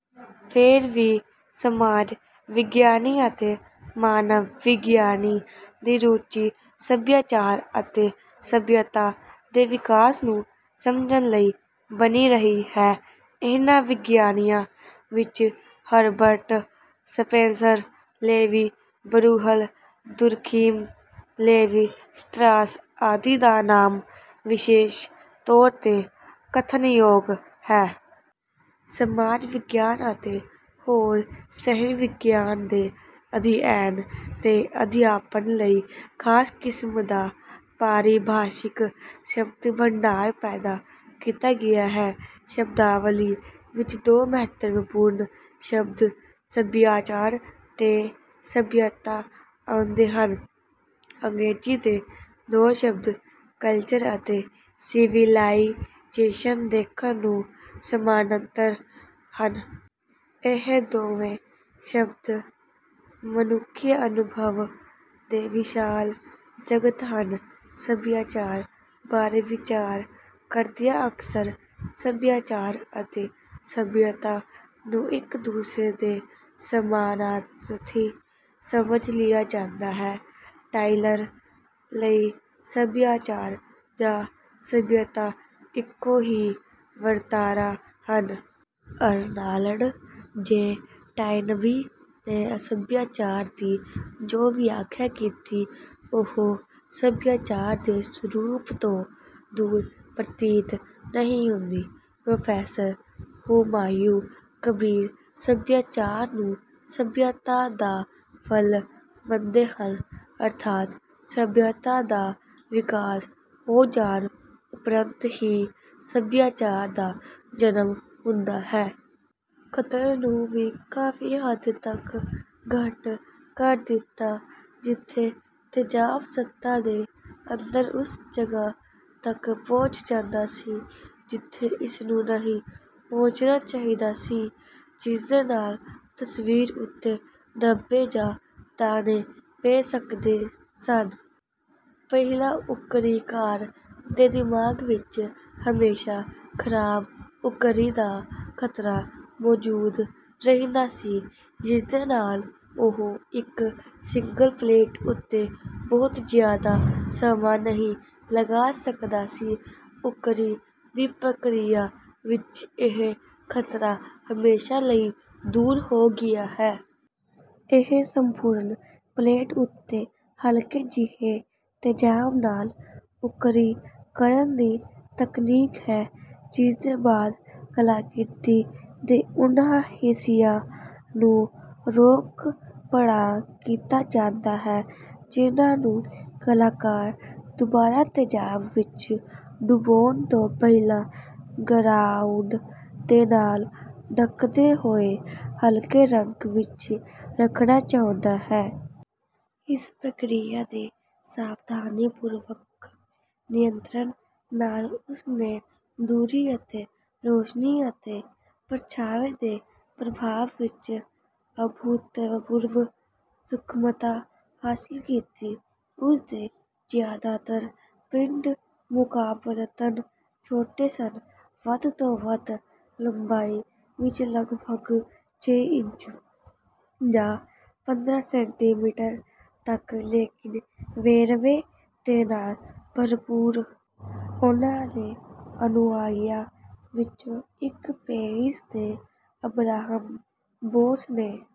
ਫੇਰ ਵੀ ਸਮਾਜ ਵਿਗਿਆਨੀ ਅਤੇ ਮਾਨਵ ਵਿਗਿਆਨੀ ਦੀ ਰੁਚੀ ਸੱਭਿਆਚਾਰ ਅਤੇ ਸੱਭਿਅਤਾ ਦੇ ਵਿਕਾਸ ਨੂੰ ਸਮਝਣ ਲਈ ਬਣੀ ਰਹੀ ਹੈ। ਇਹਨਾਂ ਵਿਗਿਆਨੀਆਂ ਵਿੱਚ Herbert Spencer, Levy Bruhl, Durkheim, Levi Strauss ਆਦਿ ਦਾ ਨਾਮ ਵਿਸ਼ੇਸ਼ ਤੌਰ 'ਤੇ ਕਥਨਯੋਗ ਹੈ। ਸਮਾਜ ਵਿਗਿਆਨ ਅਤੇ ਹੋਰ ਸਹਿ-ਵਿਗਿਆਨ ਦੇ ਅਧਿਐਨ ਤੇ ਅਧਿਆਪਨ ਲਈ ਖਾਸ ਕਿਸਮ ਦਾ ਪਾਰਿਭਾਸ਼ਿਕ ਸ਼ਬਦ-ਭੰਡਾਰ ਪੈਦਾ ਕੀਤਾ ਗਿਆ ਹੈ। ਸ਼ਬਦਾਵਲੀ ਵਿੱਚ ਦੋ ਮਹੱਤਵਪੂਰਨ ਸ਼ਬਦ "ਸੱਭਿਆਚਾਰ" ਤੇ "ਸੱਭਿਅਤਾ" ਆਉਂਦੇ ਹਨ। ਅੰਗਰੇਜ਼ੀ ਦੇ ਦੋ ਸ਼ਬਦ ਕਲਚਰ ਅਤੇ ਸਿਵੀਲਾਈਜੇਸ਼ਨ ਦੇਖਣ ਨੂੰ ਸਮਾਨਾਂਤਰ ਹਨ। ਇਹ ਦੋਵੇਂ ਸ਼ਬਦ ਮਨੁੱਖੀ ਅਨੁਭਵ ਦੇ ਵਿਸ਼ਾਲ ਜਗਤ ਹਨ। ਸੱਭਿਆਚਾਰ ਬਾਰੇ ਵਿਚਾਰ ਕਰਦਿਆਂ ਅਕਸਰ "ਸੱਭਿਆਚਾਰ" ਅਤੇ "ਸੱਭਿਅਤਾ" ਨੂੰ ਇੱਕ ਦੂਸਰੇ ਦੇ ਸਮਾਨਾਰਥੀ ਸਮਝ ਲਿਆ ਜਾਂਦਾ ਹੈ। ਟਾਇਲਰ ਲਈ "ਸੱਭਿਆਚਾਰ" ਜਾਂ "ਸੱਭਿਅਤਾ" ਇੱਕੋ ਹੀ ਵਰਤਾਰਾ ਹਨ। ਅਰਨਾਲਡ ਜੇ. ਟਾਇਨਬੀ ਨੇ ਸੱਭਿਆਚਾਰ ਦੀ ਜੋ ਵਿਆਖਿਆ ਕੀਤੀ, ਉਹ ਸੱਭਿਆਚਾਰ ਦੇ ਸਰੂਪ ਤੋਂ ਦੂਰ ਪ੍ਰਤੀਤ ਨਹੀਂ ਹੁੰਦੀ। ਪ੍ਰੋਫੈਸਰ ਹੁਮਾਯੂੰ ਕਬੀਰ ਸੱਭਿਆਚਾਰ ਨੂੰ ਸੱਭਿਅਤਾ ਦਾ ਫਲ ਮੰਨਦੇ ਹਨ। ਅਰਥਾਤ ਸੱਭਿਅਤਾ ਦਾ ਵਿਕਾਸ ਹੋ ਜਾਣ ਉਪਰੰਤ ਹੀ ਸੱਭਿਆਚਾਰ ਦਾ ਜਨਮ ਹੁੰਦਾ ਹੈ। ਖਤਰੇ ਨੂੰ ਵੀ ਕਾਫ਼ੀ ਹੱਦ ਤੱਕ ਘੱਟ ਕਰ ਦਿੱਤਾ, ਜਿੱਥੇ ਤੇਜ਼ਾਬ ਸਤ੍ਹਾ ਦੇ ਅੰਦਰ ਉਸ ਜਗ੍ਹਾ ਤੱਕ ਪਹੁੰਚ ਜਾਂਦਾ ਸੀ ਜਿੱਥੇ ਇਸਨੂੰ ਨਹੀਂ ਪਹੁੰਚਣਾ ਚਾਹੀਦਾ ਸੀ, ਜਿਸਦੇ ਨਾਲ ਤਸਵੀਰ ਉੱਤੇ ਧੱਬੇ ਜਾਂ ਦਾਣੇ ਪੈ ਸਕਦੇ ਸਨ। ਪਹਿਲਾਂ ਉੱਕਰੀਕਾਰ ਦੇ ਦਿਮਾਗ ਵਿੱਚ ਹਮੇਸ਼ਾ ਖ਼ਰਾਬ ਉੱਕਰੀ ਦਾ ਖ਼ਤਰਾ ਮੌਜੂਦ ਰਹਿੰਦਾ ਸੀ, ਜਿਸਦੇ ਨਾਲ ਉਹ ਇੱਕ ਸਿੰਗਲ ਪਲੇਟ ਉੱਤੇ ਬਹੁਤ ਜ਼ਿਆਦਾ ਸਮਾਂ ਨਹੀਂ ਲਗਾ ਸਕਦਾ ਸੀ। ਉੱਕਰੀ ਦੀ ਪ੍ਰਕਿਰਿਆ ਵਿੱਚ ਇਹ ਖ਼ਤਰਾ ਹਮੇਸ਼ਾ ਲਈ ਦੂਰ ਹੋ ਗਿਆ ਹੈ। ਇਹ ਸੰਪੂਰਨ ਪਲੇਟ ਉੱਤੇ ਹਲਕੇ ਜਿਹੇ ਤੇਜ਼ਾਬ ਨਾਲ ਉੱਕਰੀ ਕਰਨ ਦੀ ਤਕਨੀਕ ਹੈ, ਜਿਸਦੇ ਬਾਅਦ ਕਲਾਕ੍ਰਿਤੀ ਦੇ ਉਨ੍ਹਾਂ ਹਿੱਸਿਆਂ ਨੂੰ "ਰੋਕ-ਪੜਾਅ" ਕੀਤਾ ਜਾਂਦਾ ਹੈ ਜਿਨ੍ਹਾਂ ਨੂੰ ਕਲਾਕਾਰ ਦੁਬਾਰਾ ਤੇਜ਼ਾਬ ਵਿੱਚ ਡੁਬੋਣ ਤੋਂ ਪਹਿਲਾਂ "ਗਰਾਉਂਡ" ਦੇ ਨਾਲ ਢੱਕਦੇ ਹੋਏ ਹਲਕੇ ਰੰਗ ਵਿੱਚ ਰੱਖਣਾ ਚਾਹੁੰਦਾ ਹੈ। ਇਸ ਪ੍ਰਕਿਰਿਆ ਦੇ ਸਾਵਧਾਨੀਪੂਰਵਕ ਨਿਯੰਤਰਣ ਨਾਲ ਉਸ ਨੇ ਦੂਰੀ ਅਤੇ ਰੋਸ਼ਨੀ ਅਤੇ ਪਰਛਾਵੇਂ ਦੇ ਪ੍ਰਭਾਵ ਵਿੱਚ ਅਭੂਤਪੂਰਵ ਸੂਖਮਤਾ ਹਾਸਲ ਕੀਤੀ। ਉਸ ਦੇ ਜ਼ਿਆਦਾਤਰ ਪ੍ਰਿੰਟ ਮੁਕਾਬਲਤਨ ਛੋਟੇ ਸਨ, ਵੱਧ ਤੋਂ ਵੱਧ ਲੰਬਾਈ ਵਿੱਚ ਲਗਭਗ ਛੇ ਇੰਚ ਜਾਂ ਪੰਦਰਾਂ ਸੈਂਟੀਮੀਟਰ ਤੱਕ, ਲੇਕਿਨ ਵੇਰਵੇ ਦੇ ਨਾਲ ਭਰਪੂਰ। ਉਨ੍ਹਾਂ ਦੇ ਅਨੁਆਈਆਂ ਵਿੱਚੋਂ ਇੱਕ, ਪੈਰਿਸ ਦੇ ਅਬ੍ਰਾਹਮ ਬੋਸ ਨੇ